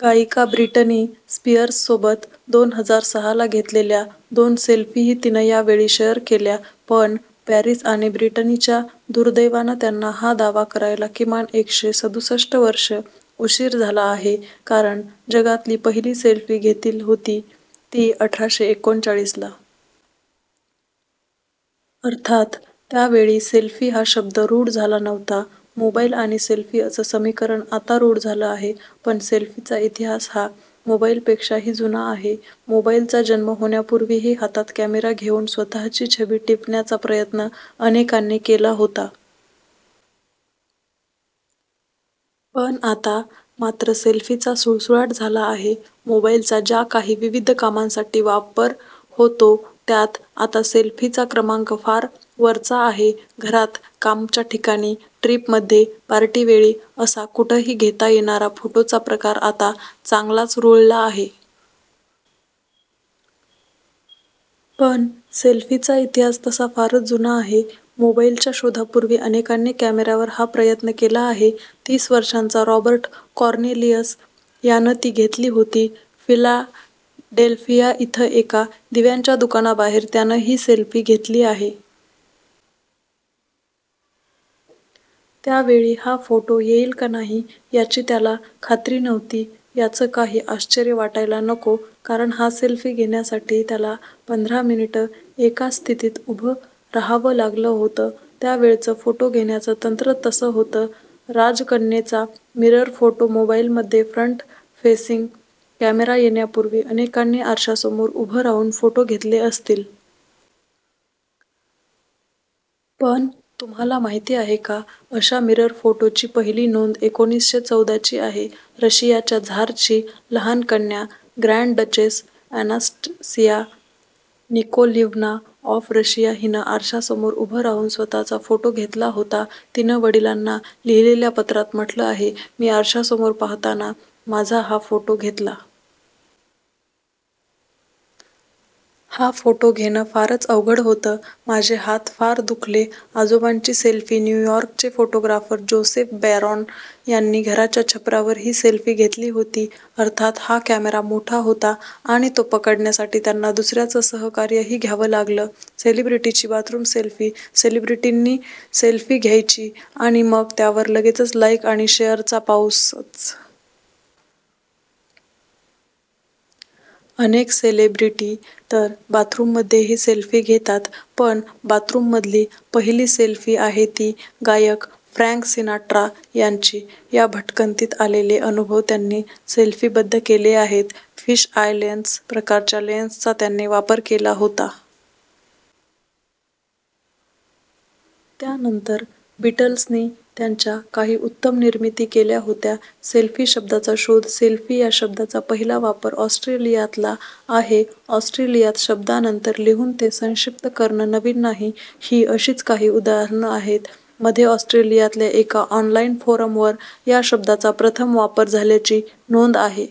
गायिका ब्रिटनी स्पीअर्ससोबत दोन हजार सहाला घेतलेल्या दोन सेल्फीही तिनं यावेळी शेअर केल्या. पण पॅरीस आणि ब्रिटनीच्या दुर्दैवानं त्यांना हा दावा करायला किमान एकशे सदुसष्ठ वर्षं उशीर झाला आहे. कारण जगातली पहिली सेल्फी घेतील होती ती अठराशे एकोणचाळीसला. अर्थात त्यावेळी सेल्फी हा शब्द रूढ झाला नव्हता. मोबाईल आणि सेल्फी असं समीकरण आता रूढ झालं आहे. पण सेल्फीचा इतिहास हा मोबाईलपेक्षा ही जुना आहे. मोबाईलचा जन्म होण्यापूर्वीही हातात कॅमेरा घेऊन स्वतःची छबी टिपण्याचा प्रयत्न अनेकांनी केला होता. पण आता मात्र सेल्फीचा सुळसुळाट झाला आहे. मोबाईलचा ज्या काही विविध कामांसाठी वापर होतो त्यात आता सेल्फीचा क्रमांक फार वरचा आहे. घरात, कामच्या ठिकाणी, ट्रिपमध्ये, पार्टीवेळी असा कुठही घेता येणारा फोटोचा प्रकार आता चांगलाच रुळला आहे. पण सेल्फीचा इतिहास तसा फारच जुना आहे. मोबाईलच्या शोधापूर्वी अनेकांनी कॅमेऱ्यावर हा प्रयत्न केला आहे. तीस वर्षांचा रॉबर्ट कॉर्नेलिअस यानं ती घेतली होती. फिलाडेल्फिया इथं एका दिव्यांच्या दुकानाबाहेर त्यानं ही सेल्फी घेतली आहे. त्यावेळी हा फोटो येईल का नाही, याची त्याला खात्री नव्हती. याच काही आश्चर्य वाटायला नको, कारण हा सेल्फी घेण्यासाठी त्याला पंधरा मिनिटं एकाच स्थितीत उभ रहावं लागलं होतं. त्यावेळच फोटो घेण्याच तंत्रच तसं होतं राजकन्येचा मिरर फोटो मोबाईलमध्ये फ्रंट फेसिंग कॅमेरा येण्यापूर्वी अनेकांनी आरशासमोर उभं राहून फोटो घेतले असतील. पण तुम्हाला माहिती आहे का अशा मिरर फोटोची पहिली नोंद एकोणीसशे चौदाची आहे. रशियाच्या झारची लहान कन्या grand duchess Anastasia Nikolaevna of Russia हिनं आरशासमोर उभं राहून स्वतःचा फोटो घेतला होता. तिनं वडिलांना लिहिलेल्या पत्रात म्हटलं आहे, मी आरशासमोर पाहताना माझा हा फोटो घेतला. हा फोटो घेणं फारच अवघड होतं. माझे हात फार दुखले. आजोबांची सेल्फी न्यूयॉर्कचे फोटोग्राफर जोसेफ बेरॉन यांनी घराच्या छपरावर ही सेल्फी घेतली होती. अर्थात हा कॅमेरा मोठा होता आणि तो पकडण्यासाठी त्यांना दुसऱ्याचं सहकार्यही घ्यावं लागलं सेलेब्रिटीची बाथरूम सेल्फी सेलेब्रिटींनी सेल्फी घ्यायची आणि मग त्यावर लगेचच लाईक आणि शेअरचा पाऊसच. अनेक सेलेब्रिटी तर बाथरूममध्येही सेल्फी घेतात. पण बाथरूममधली पहिली सेल्फी आहे ती गायक फ्रॅंक सिनाट्रा यांची. या भटकंतीत आलेले अनुभव त्यांनी सेल्फीबद्ध केले आहेत. फिश आय लेन्स प्रकारच्या लेन्सचा त्यांनी वापर केला होता. त्यानंतर बिटल्सनी त्यांच्या काही उत्तम निर्मिती केल्या होत्या सेल्फी शब्दाचा शोध सेल्फी या शब्दाचा पहिला वापर ऑस्ट्रेलियातला आहे. ऑस्ट्रेलियात शब्दानंतर लिहून ते संक्षिप्त करणं नवीन नाही. ही अशीच काही उदाहरणं आहेत. मध्ये ऑस्ट्रेलियातल्या एका ऑनलाईन फोरमवर या शब्दाचा प्रथम वापर झाल्याची नोंद आहे.